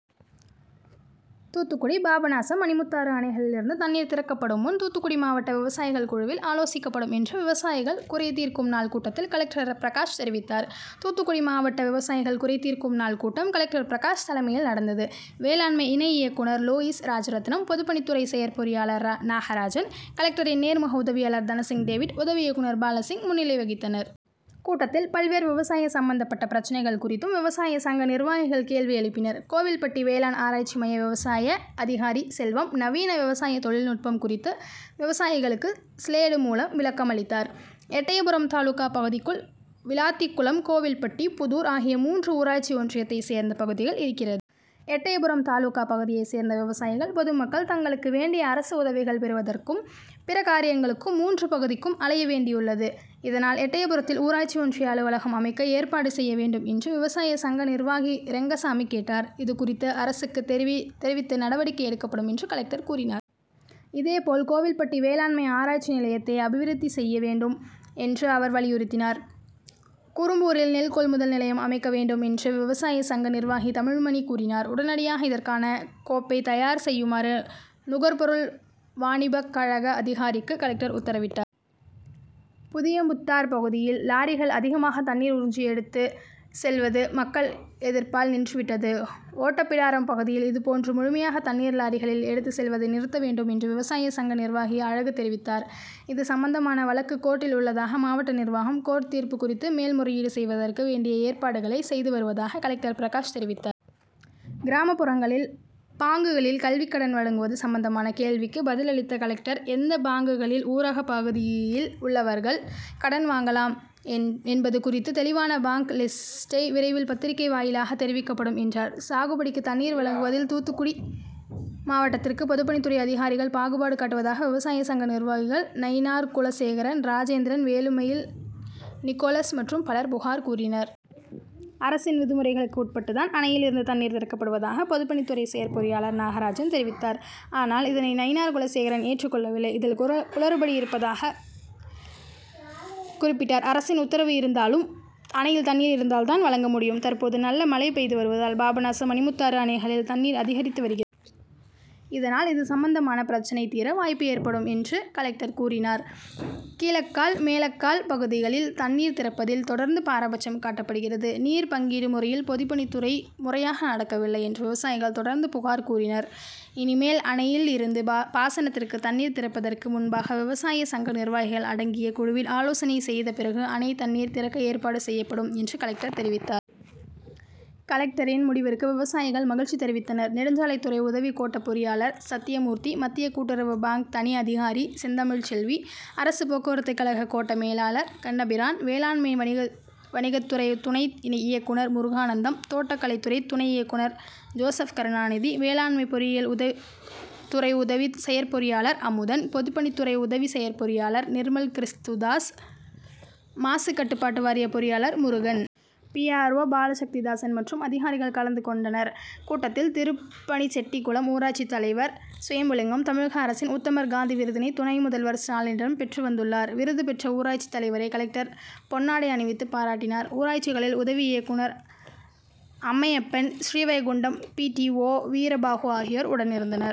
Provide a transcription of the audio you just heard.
தூத்துக்குடி பாபநாசம், மணிமுத்தாறு அணைகளில் இருந்து தண்ணீர் திறக்கப்படும் முன் தூத்துக்குடி மாவட்ட விவசாயிகள் குழுவில் ஆலோசிக்கப்படும் என்று விவசாயிகள் குறைதீர்க்கும் நாள் கூட்டத்தில் கலெக்டர் பிரகாஷ் தெரிவித்தார். தூத்துக்குடி மாவட்ட விவசாயிகள் குறைதீர்க்கும் நாள் கூட்டம் கலெக்டர் பிரகாஷ் தலைமையில் நடந்தது. வேளாண்மை இணை இயக்குநர் லூயிஸ் ராஜரத்தினம், பொதுப்பணித்துறை செயற்பொறியாளர் நாகராஜன், கலெக்டரின் நேர்முக உதவியாளர் தனசிங் டேவிட், உதவி இயக்குநர் பாலசிங் முன்னிலை வகித்தனர். கூட்டத்தில் பல்வேறு விவசாய சம்பந்தப்பட்ட பிரச்னைகள் குறித்தும் விவசாய சங்க நிர்வாகிகள் கேள்வி எழுப்பினர். கோவில்பட்டி வேளாண் ஆராய்ச்சி மைய விவசாய அதிகாரி செல்வம் நவீன விவசாய தொழில் நுட்பம் குறித்து விவசாயிகளுக்கு சிலேடு மூலம் விளக்கம் அளித்தார். எட்டயபுரம் தாலுகா பகுதிக்குள் விளாத்திகுளம், கோவில்பட்டி, புதூர் ஆகிய மூன்று ஊராட்சி ஒன்றியத்தை சேர்ந்த பகுதிகள் இருக்கிறது. எட்டயபுரம் தாலுகா பகுதியை சேர்ந்த விவசாயிகள், பொதுமக்கள் தங்களுக்கு வேண்டிய அரசு உதவிகள் பெறுவதற்கும், பிற காரியங்களுக்கும் மூன்று பகுதிக்கும் அலைய வேண்டியுள்ளது. இதனால் எட்டயபுரத்தில் ஊராட்சி ஒன்றிய அலுவலகம் அமைக்க ஏற்பாடு செய்ய வேண்டும் என்று விவசாய சங்க நிர்வாகி ரெங்கசாமி கேட்டார். இது குறித்து அரசுக்கு தெரிவித்து நடவடிக்கை எடுக்கப்படும் என்று கலெக்டர் கூறினார். இதே போல் கோவில்பட்டி வேளாண்மை ஆரா ய்ச்சி நிலையத்தை அபிவிருத்தி செய்ய வேண்டும் என்றும் அவர் வலியுறுத்தினார். குரும்பூரில் நெல் கொள்முதல் நிலையம் அமைக்க வேண்டும் என்று விவசாய சங்க நிர்வாகி தமிழ்மணி கூறினார். உடனடியாக இதற்கான கோப் பை தயார் செய்யுமாறு நுகர்பொருள் வாணிபக்கழக அதிகாரிக்கு கலெக்டர் உத்தரவிட்டார். புதியம்புத்தார் பகுதியில் லாரிகளில் அதிகமாக தண்ணீர் உறிஞ்சு எடுத்து செல்வது மக்கள் எதிர்ப்பால் நின்று விட்டது. ஓட்டப்பிடாரம் பகுதியில் இதுபோன்று முழுமையாக தண்ணீர் லாரிகளில் எடுத்து செல்வதை நிறுத்த வேண்டும் என்று விவசாய சங்க நிர்வாகி அழகு தெரிவித்தார். இது சம்பந்தமான வழக்கு கோர்ட்டில் உள்ளதால், மாவட்ட நிர்வாகம் கோர்ட் தீர்ப்பு குறித்து மேல் முறையீடு செய்வதற்கு வேண்டிய ஏற்பாடுகளை செய்து வருவதாக கலெக்டர் பிரகாஷ் தெரிவித்தார். கிராமப்புறங்களில் பாங்குகளில் கல்வி கடன் வழங்குவது சம்பந்தமான கேள்விக்கு பதில் அளித்த கலெக்டர் எந்த பாங்குகளில் ஊரக பகுதியில் உள்ளவர்கள் கடன் வாங்கலாம் என்பது குறித்து தெளிவான பாங்க் லிஸ்ட் விரைவில் பத்திரிக்கை வாயிலாக தெரிவிக்கப்படும் என்றார். சாகுபடிக்கு தண்ணீர் வழங்குவதில் தூத்துக்குடி மாவட்டத்திற்கு பொதுப்பணித்துறை அதிகாரிகள் பாகுபாடு காட்டுவதாக விவசாய சங்க நிர்வாகிகள் நயினார்குலசேகரன், ராஜேந்திரன், வேலுமயில், நிக்கோலஸ் மற்றும் பலர் புகார் கூறினர். அரசின் விதிமுறைகளுக்கு உட்பட்டு தான் அணையில் இருந்து தண்ணீர் திறக்கப்படுவதாக பொதுப்பணித்துறை செயற்பொறியாளர் நாகராஜன் தெரிவித்தார். ஆனால் இதனை நயினார்குலசேகரன் ஏற்றுக் கொள்ளவில்லை. இதில் குளறுபடி இருப்பதாக குறிப்பிட்டார். அரசின் உத்தரவு இருந்தாலும் அணையில் தண்ணீர் இருந்தால் தான் வழங்க முடியும். தற்போது நல்ல மழை பெய்து வருவதால் பாபநாசம், மணிமுத்தாறு அணைகளில் தண்ணீர் அதிகரித்து வருகிறது. இதனால் இது சம்பந்தமான பிரச்னை தீர வாய்ப்பு ஏற்படும் என்று கலெக்டர் கூறினார். கீழக்கால், மேலக்கால் பகுதிக்கு தண்ணீர் திறப்பதில் தொடர்ந்து பாரபட்சம் காட்டப்படுகிறது. நீர் பங்கீடு முறையில் பொதுப்பணித்துறை முறையாக நடக்கவில்லை என்று விவசாயிகள் தொடர்ந்து புகார் கூறினர். இனிமேல் அணையில் இருந்து பாசனத்திற்கு தண்ணீர் திறப்பதற்கு முன்பாக விவசாய சங்க நிர்வாகிகள் அடங்கிய குழுவில் ஆலோசனை செய்த பிறகு அணைத் தண்ணீர் திறக்க ஏற்பாடு செய்யப்படும் என்று கலெக்டர் தெரிவித்தார். கலெக்டரின் முடிவிற்கு விவசாயிகள் மகிழ்ச்சி தெரிவித்தனர். நெடுஞ்சாலைத்துறை உதவி கோட்ட பொறியாளர் சத்தியமூர்த்தி, மத்திய கூட்டுறவு பாங்க் தனி அதிகாரி செந்தமிழ்செல்வி, அரசு போக்குவரத்துகழக கோட்ட மேலாளர் கண்ணபிரான், வேளாண்மை வணிகத்துறை துணை இயக்குநர் முருகானந்தம், தோட்டக்கலைத்துறை துணை இயக்குநர் ஜோசப்கருணாநிதி, வேளாண்மை பொறியியல் துறை உதவி செயற்பொறியாளர் அமுதன், பொதுப்பணித்துறை உதவி செயற்பொறியாளர் நிர்மல்கிறிஸ்துதாஸ், மாசுகட்டுப்பாடு வாரிய பொறியாளர் Murugan, P. R. O Balasakthidasan மற்றும் அதிகாரிகள் கலந்து கொண்டனர். கூட்டத்தில் திருப்பணிச்செட்டிகுளம் ஊராட்சி தலைவர் சுயம்புலிங்கம் தமிழக அரசின் உத்தமர் காந்தி விருதினை துணை முதல்வர் ஸ்டாலினிடம் பெற்று வந்துள்ளார். விருது பெற்ற ஊராட்சி தலைவரை கலெக்டர் பொன்னாடை அணிவித்து பாராட்டினார். ஊராட்சிகளின் உதவி இயக்குநர் Ammaiyappan, Srivaikuntam B. D. O Veerabahu ஆகியோர் உடனிருந்தனர்.